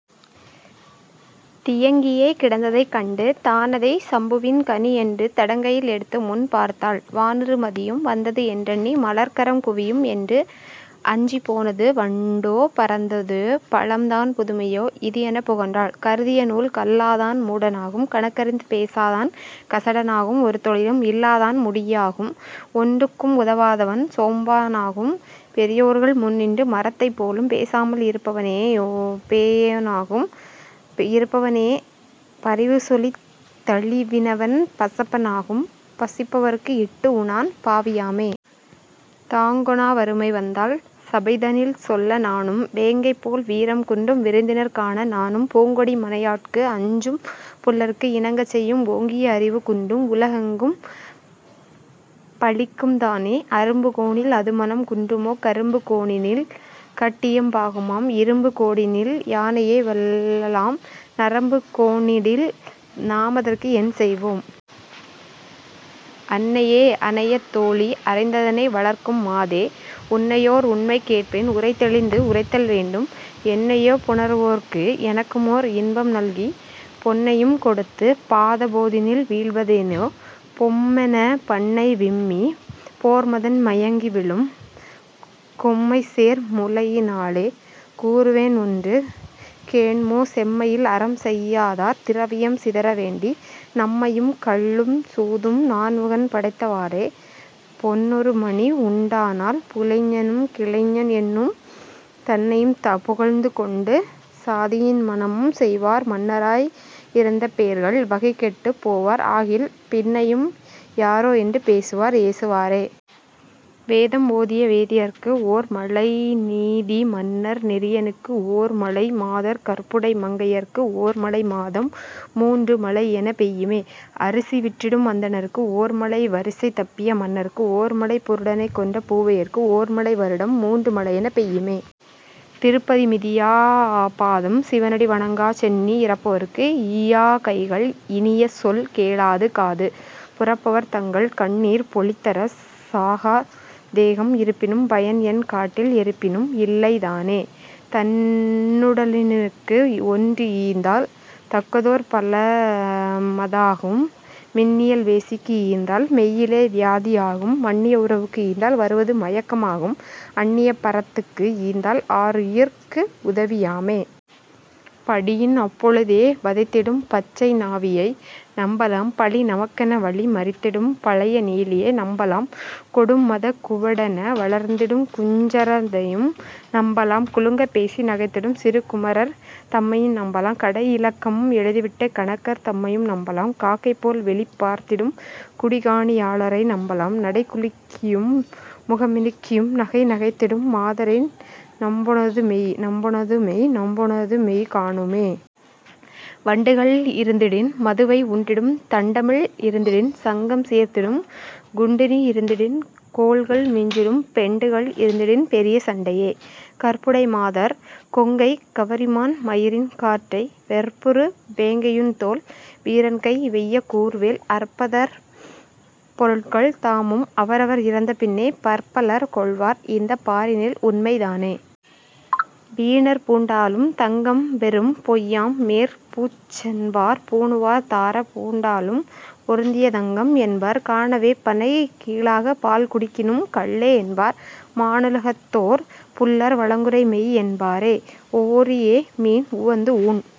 தியங்கியே கிடந்ததைக் கண்டு தானதைச் சம்புவின் கனி என்று தடங்கையில் எடுத்துமுன் பார்த்தாள் வானுறு மதியும் வந்தது என்றெண்ணி மலர்கரம் குவியும் என்று அஞ்சிப் போனது வண்டோ பறந்ததோ பழம் தான் புதுமையோ இது எனப் புகன்றாள். கருதிய நூல் கல்லாதான் மூடனாகும் கணக்கறிந்து பேசாதான் கசடனாகும் ஒரு தொழிலும் இல்லாதான் முகடியாகும் ஒன்றுக்கும் உதவாதான் சோம்பனாகும் பெரியோர்கள் முன்னின்று மரத்தைப் போலும் பேசாமல் இருப்பவனே பேயனாகும் பரிவு சொலித் தழிவினவன் பசப்பனாகும் பசிப்பவருக்கு இட்டு உண்ணான் பாவியாமே. தாங்கொணா வறுமை வந்தால் சபைதனில் செல்ல நாணும் வேங்கை போல் வீரம் குன்றும் விருந்தினர் காண நாணும் பூங்கொடி மனையாட்கு அஞ்சும் புல்லருக்கு இணங்கச் செய்யும் ஓங்கிய அறிவு குன்றும் உலகெலாம் பழிக்கும் தானே. அரும்பு கோணிடில் அதுமணம் குன்றுமோ கரும்பு கோணிடில் கட்டியம் பாகுமாம் இரும்பு கோணிடில் யானையை வெல்லலாம் நரம்பு கோணிடில் நாமதற்கு என் செய்வோம்? அன்னையே அனைய தோழி அறந்தனை வளர்க்கும் மாதே உன்னையோர் உண்மை கேட்பேன் உரை தெளிந்து உரைத்தல் வேண்டும் என்னையோ புணருவோர்க்கு எனக்குமோர் இன்பம் நல்கிப் பொன்னையும் கொடுத்துப் பாதப் போதினில் வீழ்வதேனோ பொம்மெனப் பணைத்து விம்மிப் போர்மதன் மயங்கி வீழும் கொம்மைசேர் முலையினாளே கூறுவேன் ஒன்று கேண்மோ செம்மையில் அறம் செய்யாதார் திரவியம் சிதற வேண்டி நம்மையும் கள்ளும் சூதும் நான்முகன் படைத்தவாறே பொன்னொரு மணி உண்டானால் புலைஞனும் கிளைஞன் என்று தன்னையும் புகழ்ந்து கொண்டு சாதியி மணமும் செய்வார் மன்னராய் இருந்த பேர்கள் வகைகெட்டுப் போவார் ஆகில் பின்னையும் யாரோ என்று பேசுவார் ஏசுவாரே! வேதம் ஓதிய வேதியர்க்கு ஒர் மழை நீதி மன்னர் நெறியனுக்கு ஓர் மழை மாதர் கற்புடை மங்கையர்க்கு ஓர் மழை மாதம் மூன்று மழைஎனப் பெய்யுமே. அரிசி விற்றிடும் அந்தணர்க்கு ஓர் மழை வரிசை தப்பிய மன்னருக்கு ஓர் மழை புருடனைக் கொன்ற பூவையர்க்கு ஓர் மழை வருடம் மூன்று மழையெனப் பெய்யுமே. திருப்பதி மிதியாப் பாதம் சிவனடி வணங்காச் சென்னி இரப்பவர்க்கு ஈயாக் கைகள் இனிய சொல் கேளாக் காது புரப்பவர் தங்கள் கண்ணீர் பொழிதரச் சாகாத் தேகம் இருப்பினும் பயன் என் காட்டில் எரிப்பினும் இல்லை தானே. தன்னுடலினுக்கு ஒன்று ஈந்தால் தக்கதோர் பலமதாகும் மின்னியல் வேசிக்கு ஈந்தால் மெய்யிலே வியாதி ஆகும் மன்னிய உறவுக்கு ஈந்தால் வருவது மயக்கமாகும் அன்னிய பரத்துக்கு ஈந்தால் ஆருயிர்க்கு உதவி யாமே. படியின் அப்பொழுதே வதைத்திடும் பச்சை நாவியை நம்பலாம் பழி நமக்கென வழி மறித்திடும் பழைய நீலியை நம்பலாம் கொடும் மதக் குவடென வளர்ந்திடு குஞ்சரத் தையும் நம்பலாம் குலுங்கப் பேசி நகைத்திடும் சிறு குமரர் தம்மையும் நம்பலாம் கடை இலக்கமும் எழுதிவிட்ட கணக்கர் தம்மையும் நம்பலாம் காக்கை போல் விழி பார்த்திடும் குடி காணி யாளரை நம்பலாம் நடை குலுக்கியும் முகம்மினுக்கியும் நகை நகைத்திடும் மாதரை நம்பொணது மெய் நம்பொணது மெய் நம்பொணது மெய் காணுமே. வண்டுகள் இருந்திடின் மதுவை உண்டிடும் தண்டமிழ் இருந்திடின் சங்கம் சேர்ந்திடும் குண்டுணி இருந்திடின் கோள்கள் மிஞ்சிடும் பெண்டுகள் இருந்திடின் பெரிய சண்டையே. கற்புடை மாதர் கொங்கை கவரிமான் மயிரின் கற்றை வெற்புறு வேங்கையுன் தோல் வீரன்கை வெய்ய கூர்வேல் அற்பர்தம் பொருள்கள் தாமும் அவரவர் இறந்த பின்னே பற்பலர் கொள்வார் இந்தப் பாரினில் உண்மை தானே. வீணர் பூண்டாலும் தங்கம் வெறும் பொய்யாம் மேற் பூச்சென்பார் பூணுவார் தராப் பூண்டாலும் பொருந்திய தங்கம் என்பார் காணவே பனைக் கீழாகப் பால் குடிக்கினும் கள்ளே என்பார் மாணுலகத்தோர் புல்லர் வழங்குரை மெய் என்பாரே. ஓரியே மீன் உவந்து ஊன்